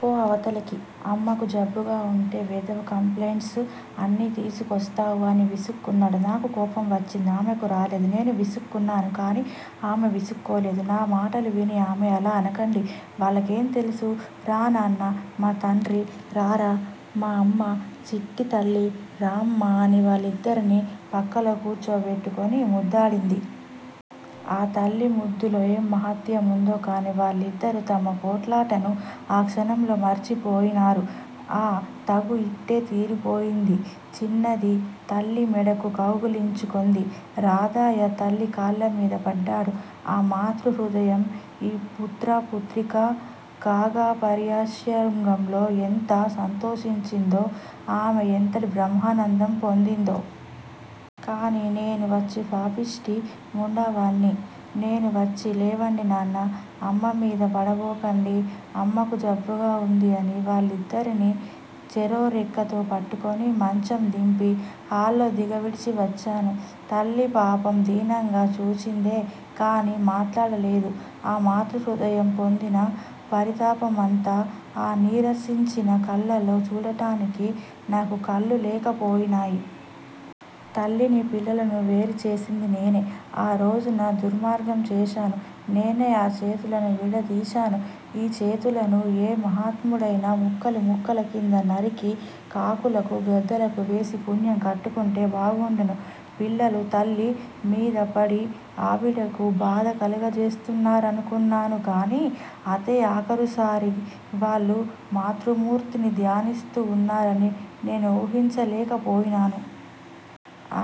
పో అవతలకి. అమ్మకు జబ్బుగా ఉంటే వెధవ కంప్లైంట్స్ అన్నీ తీసుకొస్తావు అని విసుక్కున్నాను. నాకు కోపం వచ్చింది. ఆమెకు రాలేదు. నేను విసుక్కున్నాను గాని ఆమె విసుక్కోలేదు. నా మాటలు విని ఆమె అలా అనకండి. వాళ్ళకేం తెలుసు? రా నాన్నా, మా తండ్రీ రారా, మా అమ్మా చిట్టితల్లీ, రా అమ్మా అని వాళ్ళిద్దరినీ ప్రక్కలో కూర్చో పెట్టుకుని ముద్దాడింది. ఆ తల్లి ముద్దులో ఏం మహత్యం ఉందో కానీ. వాళ్ళిద్దరూ తమ పోట్లాటను, ఆ క్షణంలో మరచిపోయినారు. ఆ తగూ ఇట్టే తీరిపోయింది. చిన్నది తల్లి మెడకు కౌగిలించుకొంది. రాధాయ తల్లి కాళ్ళమీద పడ్డాడు. ఆ మాతృ హృదయం, ఈ పుత్ర_పుత్రికా కాగాపరిష్యంగంలో ఎంత సంతోషించిందో, ఆమె ఎంతటి బ్రహ్మానందం పొందిందో! కానీ, నేను వచ్చి పాపిష్టి ముండావాణ్ణి, నేనే వచ్చి, లేవండి నాన్నా, అమ్మమీద పడబోకండి, అమ్మకు జబ్బుగా ఉంది, అని వాళ్ళిద్దరిని చెరో రెక్కతో పట్టుకొని మంచం దింపి, హాల్లో దిగవిడిచి వచ్చాను. తల్లి పాపం, దీనంగా చూచిందే కానీ మాట్లాడ లేదు. ఆ మాతృహృదయం పొందిన పరితాపమంతా ఆ నీరసించిన కళ్ళలో చూడటానికి నాకు కళ్ళు లేక పోయినాయి. తల్లినీ పిల్లలనూ వేరు చేసింది నేనే. ఆ రోజున దుర్మార్గం చేశాను. నేనే ఆ చేతులతో విడతీశాను. ఈ చేతులను ఏ మహాత్ముడైనా ముక్కలు ముక్కల క్రింద నరికి, కాకులకూ, గద్దలకూ వేసి పుణ్యం కట్టుకుంటే బాగుండును. పిల్లలు తల్లి మీదపడి ఆవిడకు బాధ కలుగజేస్తారనుకొన్నాను గాని, అదే ఆఖరుసారిగా వాళ్ళు మాతృమూర్తిని ధ్యానిస్తూ ఉన్నారని నేను ఊహించలేక పోయినాను.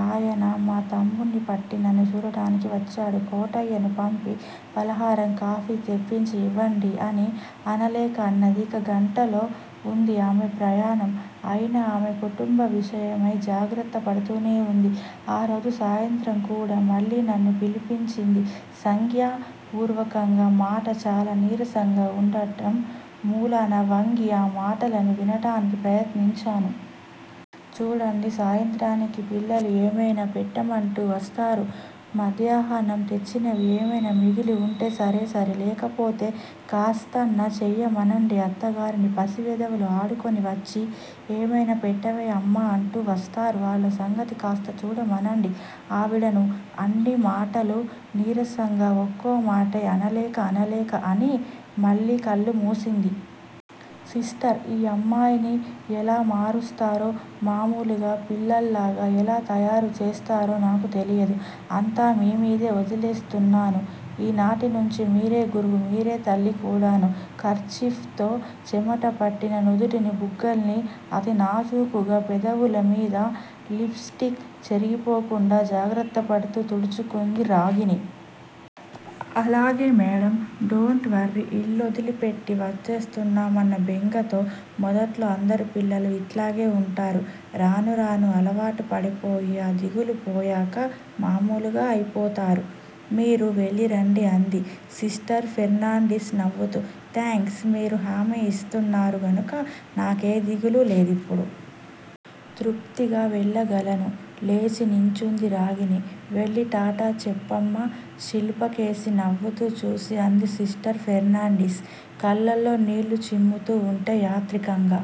ఆయన మా తమ్ముడ్ని పట్టి నన్ను చూడటానికి వచ్చాడు. కోటయ్యను పంపి ఫలహారం, కాఫీ తెప్పించి ఇవండి అని అనలేక అన్నది. ఇక గంటలలో ఉంది ఆమె ప్రయాణం. అయినా ఆమె కుటుంబ విషయమై జాగ్రత్త పడుతూనే ఉంది. ఆరోజు సాయంత్రం కూడా మళ్ళీ నన్ను పిలిపిచింది సంజ్ఞా పూర్వకంగా మాట చాలా నీరసంగా ఉండటం మూలాన వంగి, ఆ మాటలు వినటానికి ప్రయత్నించాను. చూడండీ, సాయంత్రానికి పిల్లలు ఏమైనా పెట్టమంటూ వస్తారు. మధ్యాహ్నం తెచ్చినవి ఏమైనా మిగిలివుంటే సరేసరి. లేకపోతే కాస్తన్నా చెయ్యమనండి అత్తగారిని. పసి వెధవలు ఆడుకొనివచ్చి ఏమయినా పెట్టవే అమ్మా అంటూ వస్తారు. వాళ్ళసంగతి కాస్త చూడమనండి ఆవిడను అన్ని మాటలు నీరసంగా ఒక్కొక్క మాటే అనలేక, అనలేక అని మళ్ళీ కళ్ళు మూసింది. సిస్టర్! ఈ అమ్మాయిని ఎలా మారుస్తారో, మామూలుగ పిల్లల్లాగ ఎలా తయారుచేస్తారో నాకు తెలీదు. అంతా మీమీద ఒదిలేస్తున్నాను. ఈనాటి నుంచి మీరే గురువూ, మీరే తల్లి కూడాను. కర్చీఫ్ తో చెమటపట్టిన నుదుటినీ బుగ్గల్నీ అతి నాజూకుగా, పెదవులమీద లిప్ స్టిక్ చెరిగిపోకుండా జాగ్రత్తపడుతూ తుడుచుకుంది రాగిణి. అలాగే మేడమ్! Don't worry. ఇల్లొదిలిపెట్టి వచ్చేస్తున్నామన్న బెంగతో మొదట్లో అందరు పిల్లలూ ఇట్లాగే వుంటారు. రాను రాను అలవాటు పడిపోయి ఆ దిగులు పోయాక మామూలుగా అయిపోతారు. మీరు వెళ్ళిరండి అంది సిస్టర్ ఫెర్నాండిస్, నవ్వుతూ. థాంక్స్ మీరు హామీ ఇస్తున్నారు గనుక నాకే దిగులూ లేదిప్పుడు. తృప్తిగా వెళ్ళగలను. లేచి నుంచుంది రాగిణి. వెళ్ళి టాటా చెప్పమ్మా శిల్పకేసి నవ్వుతూ చూసి అంది సిస్టర్ ఫెర్నాండిస్. కళ్ళల్లో నీళ్ళు చిమ్ముతూ వుంటే, యాత్రికంగా